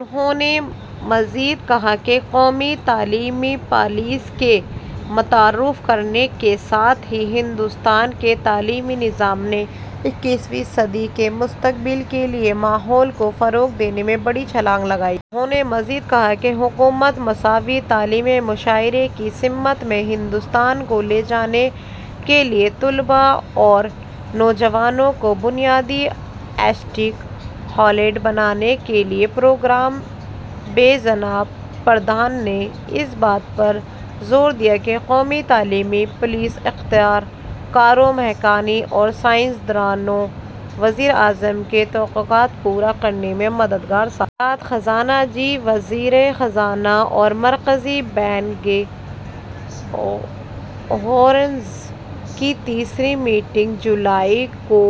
انہوں نے مزید کہا کہ قومی تعلیمی پالیسی- کے متعارف کرانے کے ساتھ ہی ہندوستان کے تعلیمی نظام نے اکیسویں صدی کے مستقبل کے لئے ماحول کو فروغ دینے میں بڑی چھلانگ لگائی ہے۔ انہوں نےمزید کہا کہ حکومت مساوی تعلیمی معاشرہ کی سمت میں ہندوستان کو لے جانے کیلئے طلباء اور نوجوانوں کو بنیادی اسٹیک ہولڈر بنانے کیلئے پُرعزم ہے۔ جناب پردھان نے اس بات پر زور دیا کہ قومی تعلیمی پالیسی اختراع کاروں، محققین اور سائنسدانوں سے وزیراعظم کی توقعات کو پورا کرنے میں مددگار ثابت. وزارت خزانہ جی- وزرائے خزانہ اور مرکزی بینک کے گورنرز کی تیسری میٹنگ - جولائی کو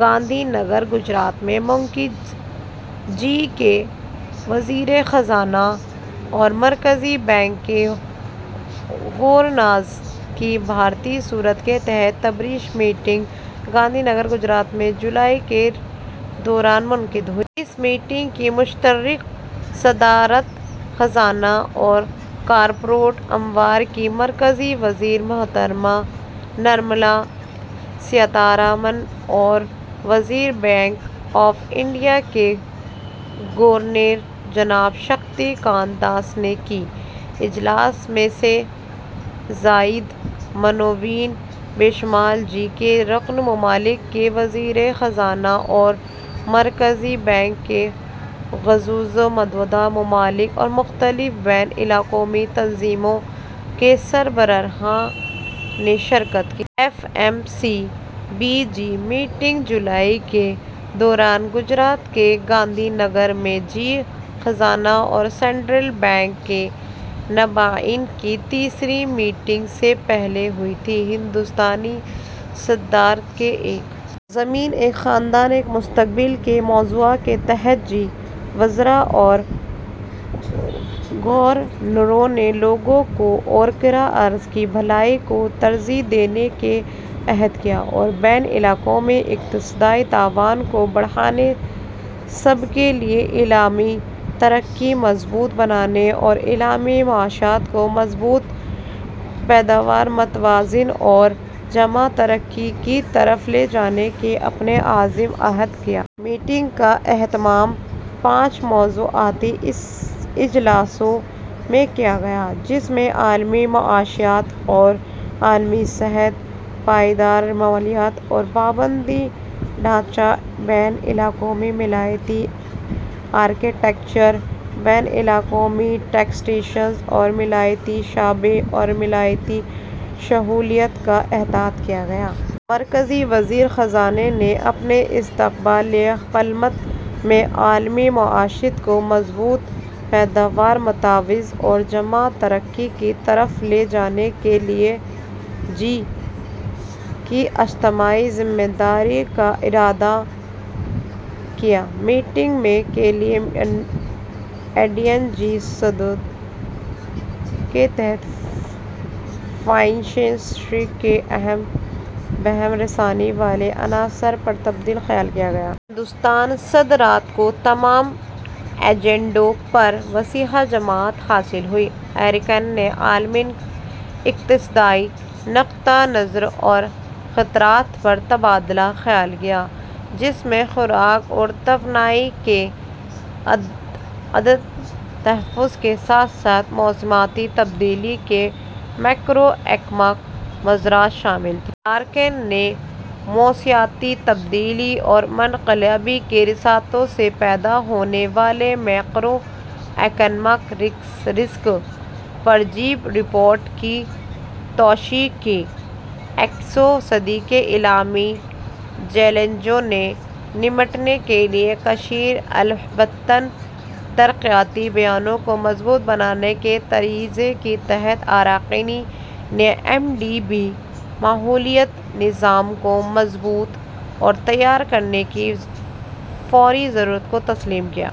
گاندھی نگر، گجرات میں منعقد جی- کے وزرائے خزانہ اور مرکزی بینک کے گورنرز کی بھارتی صدارت کے تحت تیسری میٹنگ گاندھی نگر، گجرات میں - جولائی کے دوران منعقد ہوئی۔ اس میٹنگ کی مشترکہ صدارت خزانہ اور کارپوریٹ امور کی مرکزی وزیر محترمہ نرملا سیتارامن، اور ریزرو بینک آف انڈیا کے گورنر جناب شکتی کانت داس نے کی۔ اجلاس میں سے زائد مندوبین بشمول جی کے رکن ممالک کے وزرائے خزانہ اور مرکزی بینک کے گورنرز، مدعو ممالک اور مختلف بین الاقوامی تنظیموں کے سربراہان نے شرکت کی۔ F M C B G meeting - جولائی کے دوران گجرات کے گاندھی نگر میں جی- خزانہ اور سنٹرل بینک کے نائبین کی تیسری میٹنگ سے پہلے ہوئی تھی۔ ہندوستانی صدارت کے "ایک زمین، ایک خاندان، ایک مستقبل" کے موضوع کے تحت، جی- کے وزراء اور گورنروں نے لوگوں اور کرہ ارض کی بھلائی کو ترجیح دینے کا عہد کیا اور بین الاقوامی اقتصادی تعاون کو بڑھانے، سب کے لیے عالمی ترقی کو مضبوط بنانے اور عالمی معیشت کو مضبوط، پائیدار، متوازن، اور جامع ترقی کی طرف لے جانے کے اپنے عزم کا اعادہ کیا۔ میٹنگ کا اہتمام پانچ موضوعاتی اجلاسوں میں کیا گیا، جس میں عالمی معیشت اور عالمی صحت، پائیدار مالیات اور بنیادی ڈھانچہ، بین الاقوامی مالیاتی آرکیٹیکچر، بین الاقوامی ٹیکسیشن، اور مالیاتی شعبے اور مالیاتی شمولیت کا احاطہ کیا گیا۔ مرکزی وزیر خزانہ نے اپنے استقبالیہ کلمات میں عالمی معیشت کو مضبوط، پائیدار، متوازن اور جامع ترقی کی طرف لے جانے کے لیے جی - کی اجتماعی ذمہ داری کا اعادہ کیا۔ میٹنگ میں کے لیے انڈین جی- صدارت کے تحت فائنانس ٹریک کے اہم بہم رسانی والے عناصر پر تبادلہ خیال کیا گیا۔ ہندوستانی صدارت کو تمام ایجنڈوں پر وسیع حمایت حاصل ہوئی۔ اراکین نے عالمی اقتصادی نقطہ نظر اور خطرات پر تبادلہ خیال کیا، جس میں خوراک اور توانائی کے عدم تحفظ کے ساتھ ساتھ موسمیاتی تبدیلی کے میکرو اکنامک مضمرات شامل تھے۔ اراکین نے موسمیاتی تبدیلی اور منتقلی کے راستوں سے پیدا ہونے والے میکرو اکنامک رسکس پر جی- رپورٹ کی توثیق کی۔ اکیسویں صدی کے عالمی چیلنجوں سے نمٹنے کے لیے کثیر الجہتی ترقیاتی بینکوں کو مضبوط بنانے کی ترجیح کے تحت، اراکین نے ایم ڈی بی ماحولیاتی نظام کو مضبوط اور تیار کرنے کی فوری ضرورت کو تسلیم کیا۔